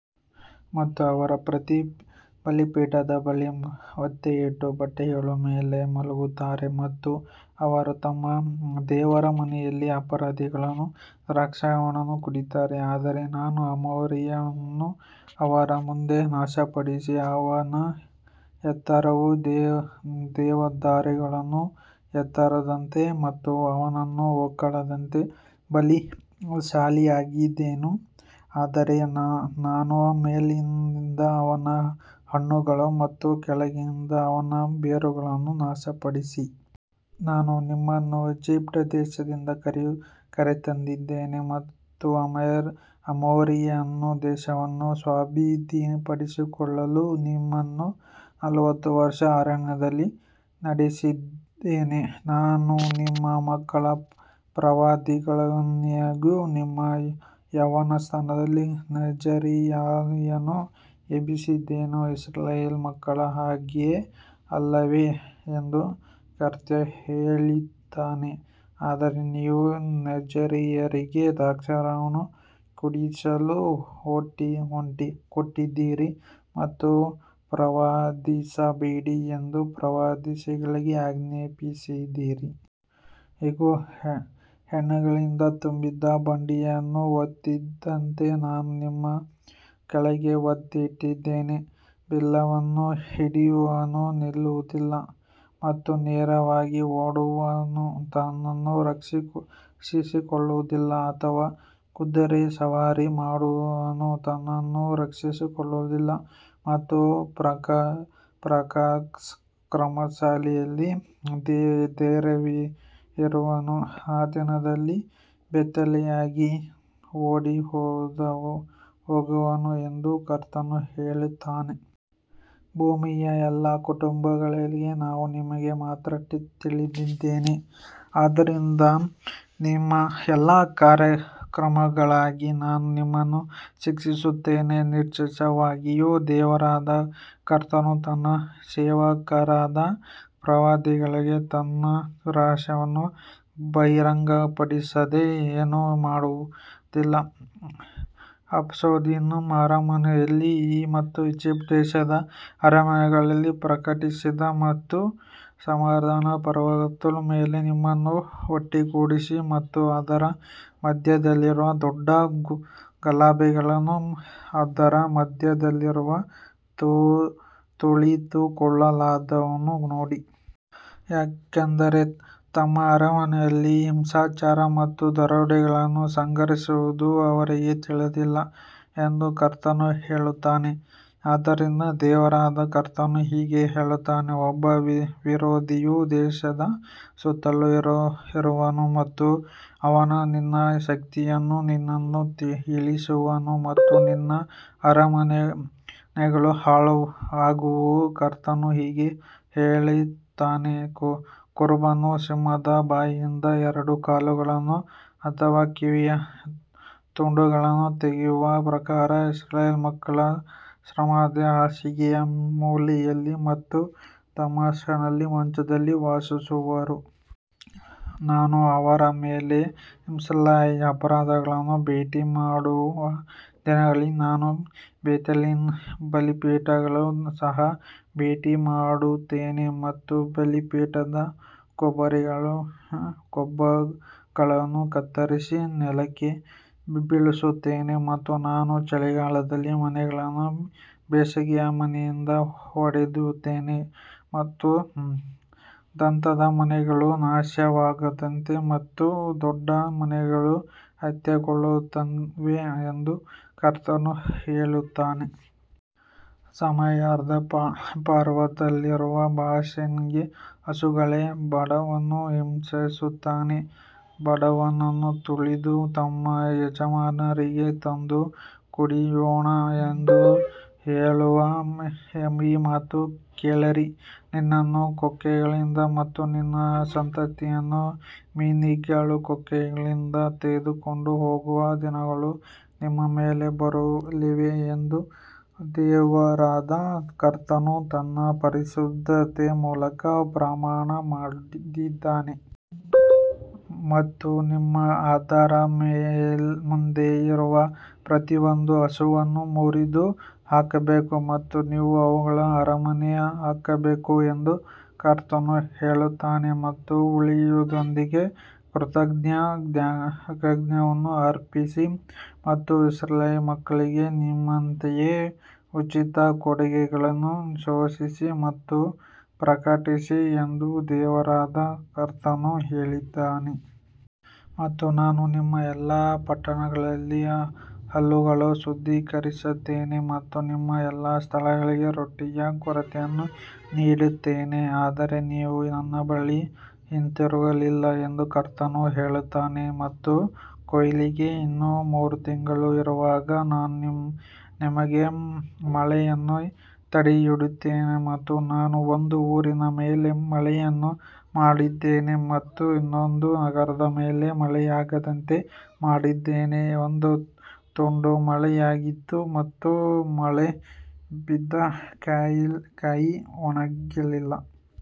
ಮತ್ತು ಅವರು ಪ್ರತಿ ಬಲಿಪೀಠದ ಬಳಿ ಒತ್ತೆ ಇಟ್ಟ ಬಟ್ಟೆಗಳ ಮೇಲೆ ಮಲಗುತ್ತಾರೆ ಮತ್ತು ಅವರು ತಮ್ಮ ದೇವರ ಮನೆಯಲ್ಲಿ ಅಪರಾಧಿಗಳ ದ್ರಾಕ್ಷಾರಸವನ್ನು ಕುಡಿಯುತ್ತಾರೆ. ಆದರೆ ನಾನು ಅಮೋರಿಯನನ್ನು ಅವರ ಮುಂದೆ ನಾಶಪಡಿಸಿದೆ, ಅವನ ಎತ್ತರವು ದೇವದಾರುಗಳ ಎತ್ತರದಂತಿತ್ತು ಮತ್ತು ಅವನು ಓಕ್ಗಳಂತೆ ಬಲಶಾಲಿಯಾಗಿದ್ದನು, ಆದರೆ ನಾನು ಮೇಲಿನಿಂದ ಅವನ ಹಣ್ಣುಗಳನ್ನು ಮತ್ತು ಕೆಳಗಿನಿಂದ ಅವನ ಬೇರುಗಳನ್ನು ನಾಶಪಡಿಸಿದೆ. ನಾನು ನಿಮ್ಮನ್ನು ಈಜಿಪ್ಟ್ ದೇಶದಿಂದ ಕರೆತಂದಿದ್ದೇನೆ ಮತ್ತು ಅಮೋರಿಯರ ದೇಶವನ್ನು ಸ್ವಾಧೀನಪಡಿಸಿಕೊಳ್ಳಲು ನಿಮ್ಮನ್ನು ನಲವತ್ತು ವರ್ಷ ಅರಣ್ಯದಲ್ಲಿ ನಡೆಸಿದೆನು. ನಾನು ನಿಮ್ಮ ಮಕ್ಕಳಲ್ಲಿ ಪ್ರವಾದಿಗಳನ್ನಾಗಿಯೂ ನಿಮ್ಮ ಯೌವನಸ್ಥರಲ್ಲಿ ನಜರೀಯರನ್ನಾಗಿಯೂ ಎಬ್ಬಿಸಿದೆನು, ಇಸ್ರಾಯೇಲ್ ಮಕ್ಕಳೇ, ಹಾಗೆಯೇ ಅಲ್ಲವೇ ಎಂದು ಕರ್ತನು ಹೇಳುತ್ತಾನೆ. ಆದರೆ ನೀವು ನಜರೀಯರಿಗೆ ದ್ರಾಕ್ಷಾರಸವನ್ನು ಕುಡಿಯಲು ಕೊಟ್ಟಿದ್ದೀರಿ ಮತ್ತು ಪ್ರವಾದಿಸಬೇಡ ಎಂದು ಪ್ರವಾದಿಗಳಿಗೆ ಆಜ್ಞಾಪಿಸಿದಿರಿ. ಇಗೋ, ಹೆಣಗಳಿಂದ ತುಂಬಿದ ಬಂಡಿಯನ್ನು ಒತ್ತಿದಂತೆ ನಾನು ನಿಮ್ಮ ಕೆಳಗೆ ಒತ್ತಲ್ಪಟ್ಟಿದ್ದೇನೆ, ಬಿಲ್ಲನ್ನು ಹಿಡಿಯುವವನು ನಿಲ್ಲುವುದಿಲ್ಲ ಮತ್ತು ವೇಗವಾಗಿ ಓಡುವವನು ತನ್ನನ್ನು ರಕ್ಷಿಸಿಕೊಳ್ಳುವುದಿಲ್ಲ ಅಥವಾ ಕುದುರೆ ಸವಾರಿ ಮಾಡುವವನು ತನ್ನನ್ನು ರಕ್ಷಿಸಿಕೊಳ್ಳುವುದಿಲ್ಲ. ಮತ್ತು ಪರಾಕ್ರಮಶಾಲಿಗಳಲ್ಲಿ ಧೈರ್ಯವಿರುವವನು ಆ ದಿನದಲ್ಲಿ ಬೆತ್ತಲೆಯಾಗಿ ಓಡಿಹೋಗುವನು ಎಂದು ಕರ್ತನು ಹೇಳುತ್ತಾನೆ. ಭೂಮಿಯ ಎಲ್ಲಾ ಕುಟುಂಬಗಳಲ್ಲಿ ನಾನು ನಿಮಗೆ ಮಾತ್ರ ತಿಳಿದಿದ್ದೇನೆ, ಆದ್ದರಿಂದ ನಿಮ್ಮ ಎಲ್ಲಾ ಅಕ್ರಮಗಳಿಗಾಗಿ ನಾನು ನಿಮ್ಮನ್ನು ಶಿಕ್ಷಿಸುತ್ತೇನೆ. ನಿಶ್ಚಯವಾಗಿಯೂ ದೇವರಾದ ಕರ್ತನು ತನ್ನ ಸೇವಕರಾದ ಪ್ರವಾದಿಗಳಿಗೆ ತನ್ನ ರಹಸ್ಯವನ್ನು ಬಹಿರಂಗಪಡಿಸದೆ ಏನನ್ನೂ ಮಾಡುವುದಿಲ್ಲ. ಅಷ್ಡೋದಿನಲ್ಲಿರುವ ಅರಮನೆಗಳಲ್ಲಿ ಮತ್ತು ಈಜಿಪ್ಟ್ ದೇಶದ ಅರಮನೆಗಳಲ್ಲಿ ಪ್ರಕಟಿಸಿ ಮತ್ತು ಸಮಾರ್ಯದ ಪರ್ವತಗಳ ಮೇಲೆ ನಿಮ್ಮನ್ನು ಒಟ್ಟುಗೂಡಿಸಿ ಮತ್ತು ಅದರ ಮಧ್ಯದಲ್ಲಿರುವ ದೊಡ್ಡ ಗಲಭೆಗಳನ್ನೂ ಅದರ ಮಧ್ಯದಲ್ಲಿರುವ ತುಳಿತಕ್ಕೊಳಗಾದವರನ್ನೂ ನೋಡಿ. ಯಾಕಂದರೆ ತಮ್ಮ ಅರಮನೆಗಳಲ್ಲಿ ಹಿಂಸಾಚಾರ ಮತ್ತು ದರೋಡೆಗಳನ್ನು ಸಂಗ್ರಹಿಸುವುದು ಅವರಿಗೆ ತಿಳಿದಿಲ್ಲ ಎಂದು ಕರ್ತನು ಹೇಳುತ್ತಾನೆ. ಆದದರಿಂದ ದೇವರಾದ ಕರ್ತನು ಹೀಗೆ ಹೇಳುತ್ತಾನೆ, ಒಬ್ಬ ವಿರೋಧಿಯು ದೇಶದ ಸುತ್ತಲೂ ಇರುವನು ಮತ್ತು ಅವನು ನಿನ್ನ ಶಕ್ತಿಯನ್ನು ನಿನ್ನಿಂದ ಇಳಿಸುವನು ಮತ್ತು ನಿನ್ನ ಅರಮನೆಗಳು ಹಾಳಾಗುವವು. ಕರ್ತನು ಹೀಗೆ ಹೇಳುತ್ತಾನೆ, ಕುರುಬನು ಸಿಂಹದ ಬಾಯಿಯಿಂದ ಎರಡು ಕಾಲುಗಳನ್ನು ಅಥವಾ ಕಿವಿಯ ತುಂಡನ್ನು ತೆಗೆಯುವ ಪ್ರಕಾರ ಇಸ್ರಾಯೇಲ್ ಮಕ್ಕಳು ಸಮಾರ್ಯದ ಹಾಸಿಗೆಯ ಮೂಲೆಯಲ್ಲಿ ಮತ್ತು ದಮಸ್ಕದಲ್ಲಿ ಮಂಚದಲ್ಲಿ ವಾಸಿಸುವರು. ನಾನು ಅವನ ಮೇಲೆ ಇಸ್ರಾಯೇಲ್ಯರ ಅಪರಾಧಗಳನ್ನು ಭೇಟಿ ಮಾಡುವ ದಿನದಲ್ಲಿ ನಾನು ಬೇತೇಲಿನ ಬಲಿಪೀಠಗಳನ್ನು ಸಹ ಭೇಟಿ ಮಾಡುತ್ತೇನೆ ಮತ್ತು ಬಲಿಪೀಠದ ಕೊಂಬುಗಳು ಕತ್ತರಿಸಿ ನೆಲಕ್ಕೆ ಬೀಳುತ್ತವೆ. ಮತ್ತು ನಾನು ಚಳಿಗಾಲದ ಮನೆಯನ್ನು ಬೇಸಿಗೆಯ ಮನೆಯಿಂದ ಹೊಡೆಯುತ್ತೇನೆ ಮತ್ತು ದಂತದ ಮನೆಗಳು ನಾಶವಾಗುತ್ತವೆ ಮತ್ತು ದೊಡ್ಡ ಮನೆಗಳು ಅಂತ್ಯಗೊಳ್ಳುತ್ತವೆ ಎಂದು ಕರ್ತನು ಹೇಳುತ್ತಾನೆ. ಸಮಾರ್ಯದ ಪರ್ವತದಲ್ಲಿರುವ ಬಾಷಾನಿನ ಹಸುಗಳೇ, ಬಡವರನ್ನು ಹಿಂಸಿಸುತ್ತಾ ಬಡವರನ್ನು ತುಳಿದು ತಮ್ಮ ಯಜಮಾನರಿಗೆ ತಂದು ಕುಡಿಯೋಣ ಎಂದು ಹೇಳುವ ಈ ಮಾತನ್ನು ಕೇಳಿರಿ. ನಿನ್ನನ್ನು ಕೊಕ್ಕೆಗಳಿಂದ ಮತ್ತು ನಿಮ್ಮ ಸಂತತಿಯನ್ನು ಮೀನಿನ ಕೊಕ್ಕೆಗಳಿಂದ ತೆಗೆದುಕೊಂಡು ಹೋಗುವ ದಿನಗಳು ನಿಮ್ಮ ಮೇಲೆ ಬರಲಿವೆ ಎಂದು ದೇವರಾದ ಕರ್ತನು ತನ್ನ ಪರಿಶುದ್ಧತೆಯ ಮೂಲಕ ಪ್ರಮಾಣ ಮಾಡಿದ್ದಾನೆ. ಮತ್ತು ನೀವು ಅದರ ಮುಂದೆ ಇರುವ ಪ್ರತಿಯೊಂದು ಹಸುವನ್ನು ಮುರಿದು ಹಾಕಬೇಕು ಮತ್ತು ನೀವು ಅವುಗಳನ್ನು ಅರಮನೆಗೆ ಹಾಕಬೇಕು ಎಂದು ಕರ್ತನು ಹೇಳುತ್ತಾನೆ. ಮತ್ತು ಹುಳಿಯೊಂದಿಗೆ ಕೃತಜ್ಞತಾ ಯಜ್ಞವನ್ನು ಅರ್ಪಿಸಿ ಮತ್ತು ಇಸ್ರಾಯೇಲ್ ಮಕ್ಕಳೇ, ನಿಮ್ಮಂತೆಯೇ ಉಚಿತ ಕೊಡುಗೆಗಳನ್ನು ಘೋಷಿಸಿ ಮತ್ತು ಪ್ರಕಟಿಸಿ ಎಂದು ದೇವರಾದ ಕರ್ತನು ಹೇಳುತ್ತಾನೆ. ಮತ್ತು ನಾನು ನಿಮ್ಮ ಎಲ್ಲಾ ಪಟ್ಟಣಗಳಲ್ಲಿ ಹಲ್ಲುಗಳನ್ನು ಶುದ್ಧೀಕರಿಸಿದ್ದೇನೆ ಮತ್ತು ನಿಮ್ಮ ಎಲ್ಲಾ ಸ್ಥಳಗಳಲ್ಲಿ ರೊಟ್ಟಿಯ ಕೊರತೆಯನ್ನು ನೀಡಿದ್ದೇನೆ, ಆದರೆ ನೀವು ನನ್ನ ಬಳಿಗೆ ಹಿಂತಿರುಗಲಿಲ್ಲ ಎಂದು ಕರ್ತನು ಹೇಳುತ್ತಾನೆ. ಮತ್ತು ಕೊಯ್ಲಿಗೆ ಇನ್ನೂ ಮೂರು ತಿಂಗಳು ಇರುವಾಗ ನಾನು ನಿಮಗೆ ಮಳೆಯನ್ನು ತಡೆಹಿಡಿದಿದ್ದೇನೆ ಮತ್ತು ನಾನು ಒಂದು ಊರಿನ ಮೇಲೆ ಮಳೆಯನ್ನು ಮಾಡಿದ್ದೇನೆ ಮತ್ತು ಇನ್ನೊಂದು ನಗರದ ಮೇಲೆ ಮಳೆಯಾಗದಂತೆ ಮಾಡಿದ್ದೇನೆ, ಒಂದು ತುಂಡು ಮಳೆಯಾಯಿತು ಮತ್ತು ಮಳೆ ಬಿದ್ದ ಕಾಯಿ ಒಣಗಲಿಲ್ಲ.